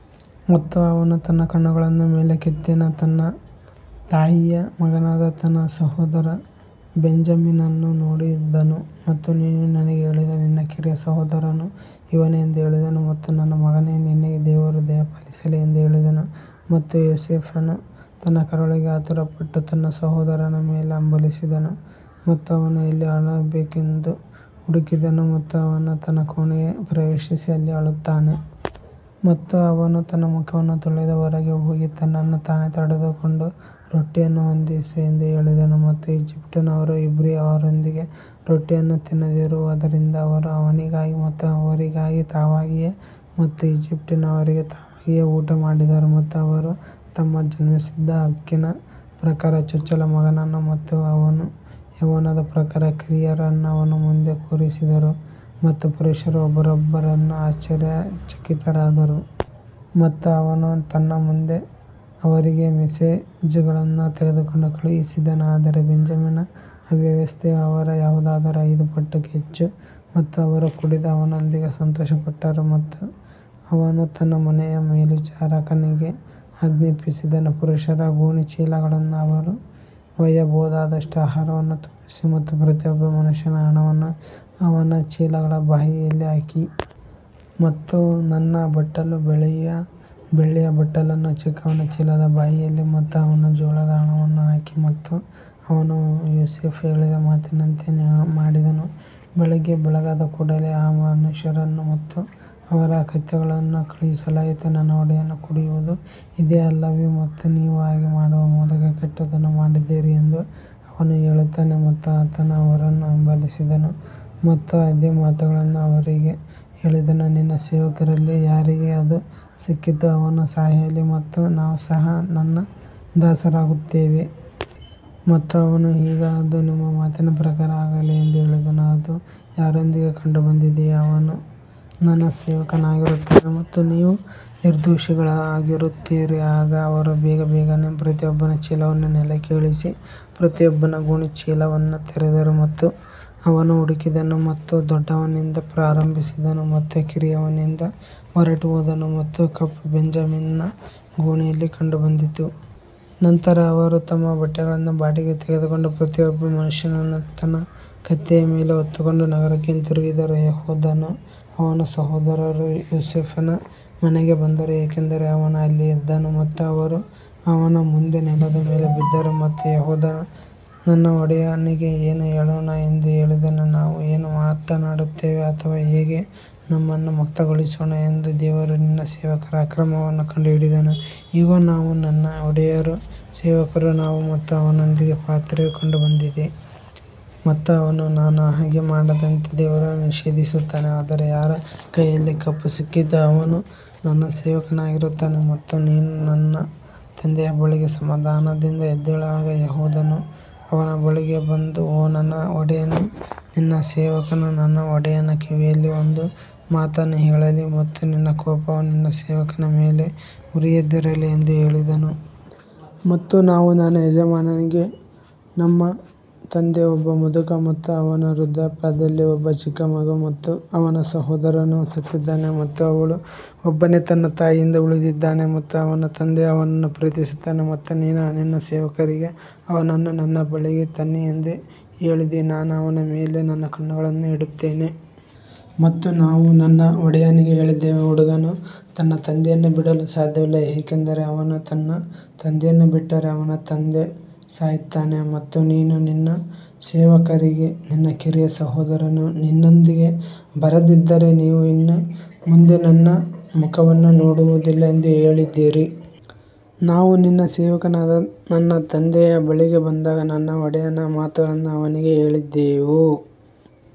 ಮತ್ತು ಅವನು ತನ್ನ ಕಣ್ಣುಗಳನ್ನು ಮೇಲಕ್ಕೆತ್ತಿ ತನ್ನ ತಾಯಿಯ ಮಗನಾದ ತನ್ನ ಸಹೋದರ ಬೆಂಜಮಿನನನ್ನು ನೋಡಿದನು ಮತ್ತು ನೀನು ನನಗೆ ಹೇಳಿದ ನಿನ್ನ ಕಿರಿಯ ಸಹೋದರನು ಇವನೇ ಎಂದು ಹೇಳಿದನು ಮತ್ತು ನನ್ನ ಮಗನೇ ನಿನಗೆ ದೇವರು ದಯಪಾಲಿಸಲಿ ಎಂದು ಹೇಳಿದನು. ಮತ್ತು ಯೋಸೇಫನು ತನ್ನ ಕರುಳಿಗೆ ಆತುರಪಟ್ಟು ತನ್ನ ಸಹೋದರನ ಮೇಲೆ ಹಂಬಲಿಸಿದನು ಮತ್ತು ಅವನು ಎಲ್ಲಿ ಅಳಬೇಕೆಂದು ಹುಡುಕಿದನು ಮತ್ತು ಅವನು ತನ್ನ ಕೋಣೆಗೆ ಪ್ರವೇಶಿಸಿ ಅಲ್ಲಿ ಅಳುತ್ತಾನೆ. ಮತ್ತು ಅವನು ತನ್ನ ಮುಖವನ್ನು ತೊಳೆದು ಹೊರಗೆ ಹೋಗಿ ತನ್ನನ್ನು ತಾನೇ ತಡೆದುಕೊಂಡು ರೊಟ್ಟಿಯನ್ನು ಹೊಂದಿಸು ಎಂದು ಹೇಳಿದನು ಮತ್ತು ಈಜಿಪ್ಟಿನವರು ಇಬ್ರಿಯರೊಂದಿಗೆ ರೊಟ್ಟಿಯನ್ನು ತಿನ್ನದಿರುವದರಿಂದ ಅವರು ಅವನಿಗಾಗಿ ಮತ್ತು ಅವರಿಗಾಗಿ ತಾವಾಗಿಯೇ ಮತ್ತು ಈಜಿಪ್ಟಿನವರಿಗೆ ತಾವಾಗಿಯೇ ಊಟ ಮಾಡಿದರು. ಮತ್ತು ಅವರು ತಮ್ಮ ಜನ್ಮಸಿದ್ಧ ಹಕ್ಕಿನ ಪ್ರಕಾರ ಚೊಚ್ಚಲ ಮಗನನ್ನು ಮತ್ತು ಅವನ ಯೌವನದ ಪ್ರಕಾರ ಕಿರಿಯರನ್ನು ಅವನ ಮುಂದೆ ಕೂರಿಸಿದರು ಮತ್ತು ಪುರುಷರು ಒಬ್ಬರನ್ನೊಬ್ಬರು ಆಶ್ಚರ್ಯಚಕಿತರಾದರು. ಮತ್ತು ಅವನು ತನ್ನ ಮುಂದೆ ಅವರಿಗೆ ಮೆಸ್ಗಳನ್ನು ತೆಗೆದುಕೊಂಡು ಕಳುಹಿಸಿದನು ಆದರೆ ಬೆಂಜಮಿನನ ಅವ್ಯವಸ್ಥೆಯು ಅವರ ಯಾವುದಾದರೂ ಐದು ಪಟ್ಟು ಹೆಚ್ಚು ಮತ್ತು ಅವರು ಕುಡಿದು ಅವನೊಂದಿಗೆ ಸಂತೋಷಪಟ್ಟರು. ಮತ್ತು ಅವನು ತನ್ನ ಮನೆಯ ಮೇಲ್ವಿಚಾರಕನಿಗೆ ಆಜ್ಞಾಪಿಸಿದನು, ಪುರುಷರ ಗೋಣಿಚೀಲಗಳನ್ನು ಅವರು ಒಯ್ಯಬಹುದಾದಷ್ಟು ಆಹಾರವನ್ನು ತುಂಬಿಸಿ ಮತ್ತು ಪ್ರತಿಯೊಬ್ಬ ಮನುಷ್ಯನ ಹಣವನ್ನು ಅವನ ಚೀಲಗಳ ಬಾಯಿಯಲ್ಲಿ ಹಾಕಿ. ಮತ್ತು ನನ್ನ ಬಟ್ಟಲು ಬೆಳ್ಳಿಯ ಬಟ್ಟಲನ್ನು ಚಿಕ್ಕವನ ಚೀಲದ ಬಾಯಿಯಲ್ಲಿ ಮತ್ತು ಅವನ ಜೋಳದ ಹಣವನ್ನು ಹಾಕಿ ಮತ್ತು ಅವನು ಯೋಸೇಫ ಹೇಳಿದ ಮಾತಿನಂತೆ ಮಾಡಿದನು. ಬೆಳಿಗ್ಗೆ ಬೆಳಗಾದ ಕೂಡಲೆ ಆ ಮನುಷ್ಯರನ್ನು ಮತ್ತು ಅವರ ಕತ್ತೆಗಳನ್ನು ಕಳುಹಿಸಲಾಯಿತು ನನ್ನ ಒಡೆಯನು ಕುಡಿಯುವುದು ಇದೇ ಅಲ್ಲವೇ ಮತ್ತು ನೀವು ಹಾಗೆ ಮಾಡುವ ಮೂಲಕ ಕೆಟ್ಟದ್ದನ್ನು ಮಾಡಿದ್ದೀರಿ ಎಂದು ಅವನು ಹೇಳುತ್ತಾನೆ ಮತ್ತು ಆತನು ಅವರನ್ನು ಹಿಂಬಾಲಿಸಿದನು ಮತ್ತು ಅದೇ ಮಾತುಗಳನ್ನು ಅವರಿಗೆ ಹೇಳಿದನು ನಿನ್ನ ಸೇವಕರಲ್ಲಿ ಯಾರಿಗೆ ಅದು ಸಿಕ್ಕಿತೋ ಅವನು ಸಾಯಲಿ ಮತ್ತು ನಾವೂ ಸಹ ನನ್ನ ದಾಸರಾಗುತ್ತೇವೆ. ಮತ್ತು ಅವನು ಈಗ ಅದು ನಿಮ್ಮ ಮಾತಿನ ಪ್ರಕಾರ ಆಗಲಿ ಎಂದು ಹೇಳಿದನು ಅದು ಯಾರೊಂದಿಗೆ ಕಂಡುಬಂದಿದೆಯೋ ಅವನು ನನ್ನ ಸೇವಕನಾಗಿರುತ್ತಾನೆ ಮತ್ತು ನೀವು ನಿರ್ದೋಷಿಗಳಾಗಿರುತ್ತೀರಿ. ಆಗ ಅವರು ಬೇಗಬೇಗನೆ ಪ್ರತಿಯೊಬ್ಬನ ಚೀಲವನ್ನು ನೆಲಕ್ಕೆ ಇಳಿಸಿ ಪ್ರತಿಯೊಬ್ಬನ ಗೋಣಿಚೀಲವನ್ನು ತೆರೆದರು ಮತ್ತು ಅವನು ಹುಡುಕಿದನು ಮತ್ತು ದೊಡ್ಡವನಿಂದ ಪ್ರಾರಂಭಿಸಿದನು ಮತ್ತು ಕಿರಿಯವನಿಂದ ಹೊರಟುಹೋದನು ಮತ್ತು ಕಪ್ ಬೆಂಜಮಿನನ ಗೋಣಿಯಲ್ಲಿ ಕಂಡುಬಂದಿತು. ನಂತರ ಅವರು ತಮ್ಮ ಬಟ್ಟೆಗಳನ್ನು ಬಾಡಿಗೆಗೆ ತೆಗೆದುಕೊಂಡು ಪ್ರತಿಯೊಬ್ಬ ಮನುಷ್ಯನನ್ನು ತನ್ನ ಕತ್ತೆಯ ಮೇಲೆ ಹೊತ್ತುಕೊಂಡು ನಗರಕ್ಕೆ ಹಿಂತಿರುಗಿದರು ಯೆಹೂದನೂ ಅವನ ಸಹೋದರರೂ ಯೋಸೇಫನ ಮನೆಗೆ ಬಂದರು ಏಕೆಂದರೆ ಅವನು ಅಲ್ಲಿಯೇ ಇದ್ದನು ಮತ್ತು ಅವರು ಅವನ ಮುಂದೆ ನೆಲದ ಮೇಲೆ ಬಿದ್ದರು. ಮತ್ತು ಯೆಹೂದನು ನನ್ನ ಒಡೆಯನಿಗೆ ಏನು ಹೇಳೋಣ ಎಂದು ಹೇಳಿದನು ನಾವು ಏನು ಮಾತನಾಡುತ್ತೇವೆ ಅಥವಾ ಹೇಗೆ ನಮ್ಮನ್ನು ಮುಕ್ತಗೊಳಿಸೋಣ ಎಂದು ದೇವರು ನಿನ್ನ ಸೇವಕರ ಅಕ್ರಮವನ್ನು ಕಂಡುಹಿಡಿದನು, ಇಗೋ ನಾವು ನನ್ನ ಒಡೆಯರು ಸೇವಕರು ನಾವು ಮತ್ತು ಅವನೊಂದಿಗೆ ಪಾತ್ರೆಯು ಕಂಡುಬಂದಿದೆ. ಮತ್ತು ಅವನು ನಾನು ಹಾಗೆ ಮಾಡದಂತೆ ದೇವರು ನಿಷೇಧಿಸುತ್ತಾನೆ ಆದರೆ ಯಾರ ಕೈಯಲ್ಲಿ ಕಪ್ ಸಿಕ್ಕಿತೋ ಅವನು ನನ್ನ ಸೇವಕನಾಗಿರುತ್ತಾನೆ ಮತ್ತು ನೀನು ನಿನ್ನ ತಂದೆಯ ಬಳಿಗೆ ಸಮಾಧಾನದಿಂದ ಎದ್ದೇಳು ಆಗ ಯೆಹೂದನು ಅವನ ಬಳಿಗೆ ಬಂದು ಓ ನನ್ನ ಒಡೆಯನೇ ನಿನ್ನ ಸೇವಕನು ನನ್ನ ಒಡೆಯನ ಕಿವಿಯಲ್ಲಿ ಒಂದು ಮಾತನ್ನು ಹೇಳಲಿ ಮತ್ತು ನಿನ್ನ ಕೋಪವು ನಿನ್ನ ಸೇವಕನ ಮೇಲೆ ಉರಿಯದಿರಲಿ ಎಂದು ಹೇಳಿದನು. ಮತ್ತು ನಾವು ನನ್ನ ಯಜಮಾನನಿಗೆ ನಮ್ಮ ತಂದೆ ಒಬ್ಬ ಮುದುಕ ಮತ್ತು ಅವನ ವೃದ್ಧಾಪ್ಯದಲ್ಲಿ ಒಬ್ಬ ಚಿಕ್ಕ ಮಗು ಮತ್ತು ಅವನ ಸಹೋದರನು ಸತ್ತಿದ್ದಾನೆ ಮತ್ತು ಅವನು ಒಬ್ಬನೇ ತನ್ನ ತಾಯಿಯಿಂದ ಉಳಿದಿದ್ದಾನೆ ಮತ್ತು ಅವನ ತಂದೆ ಅವನನ್ನು ಪ್ರೀತಿಸುತ್ತಾನೆ. ಮತ್ತು ನೀನು ನಿನ್ನ ಸೇವಕರಿಗೆ ಅವನನ್ನು ನನ್ನ ಬಳಿಗೆ ತನ್ನಿ ಎಂದು ಹೇಳಿದಿ, ನಾನು ಅವನ ಮೇಲೆ ನನ್ನ ಕಣ್ಣುಗಳನ್ನು ಇಡುತ್ತೇನೆ. ಮತ್ತು ನಾವು ನನ್ನ ಒಡೆಯನಿಗೆ ಹೇಳಿದೆವು, ಹುಡುಗನು ತನ್ನ ತಂದೆಯನ್ನು ಬಿಡಲು ಸಾಧ್ಯವಿಲ್ಲ ಏಕೆಂದರೆ ಅವನು ತನ್ನ ತಂದೆಯನ್ನು ಬಿಟ್ಟರೆ ಅವನ ತಂದೆ ಸಾಯುತ್ತಾನೆ ಮತ್ತು ನೀನು ನಿನ್ನ ಸೇವಕರಿಗೆ ನಿನ್ನ ಕಿರಿಯ ಸಹೋದರನು ನಿನ್ನೊಂದಿಗೆ ಬರದಿದ್ದರೆ ನೀವು ಇನ್ನು ಮುಂದೆ ನನ್ನ ಮುಖವನ್ನು ನೋಡುವುದಿಲ್ಲ ಎಂದು ಹೇಳಿದಿರಿ. ನಾವು ನಿನ್ನ ಸೇವಕನಾದ ನನ್ನ ತಂದೆಯ ಬಳಿಗೆ ಬಂದಾಗ ನನ್ನ ಒಡೆಯನ ಮಾತುಗಳನ್ನು ಅವನಿಗೆ ಹೇಳಿದೆವು.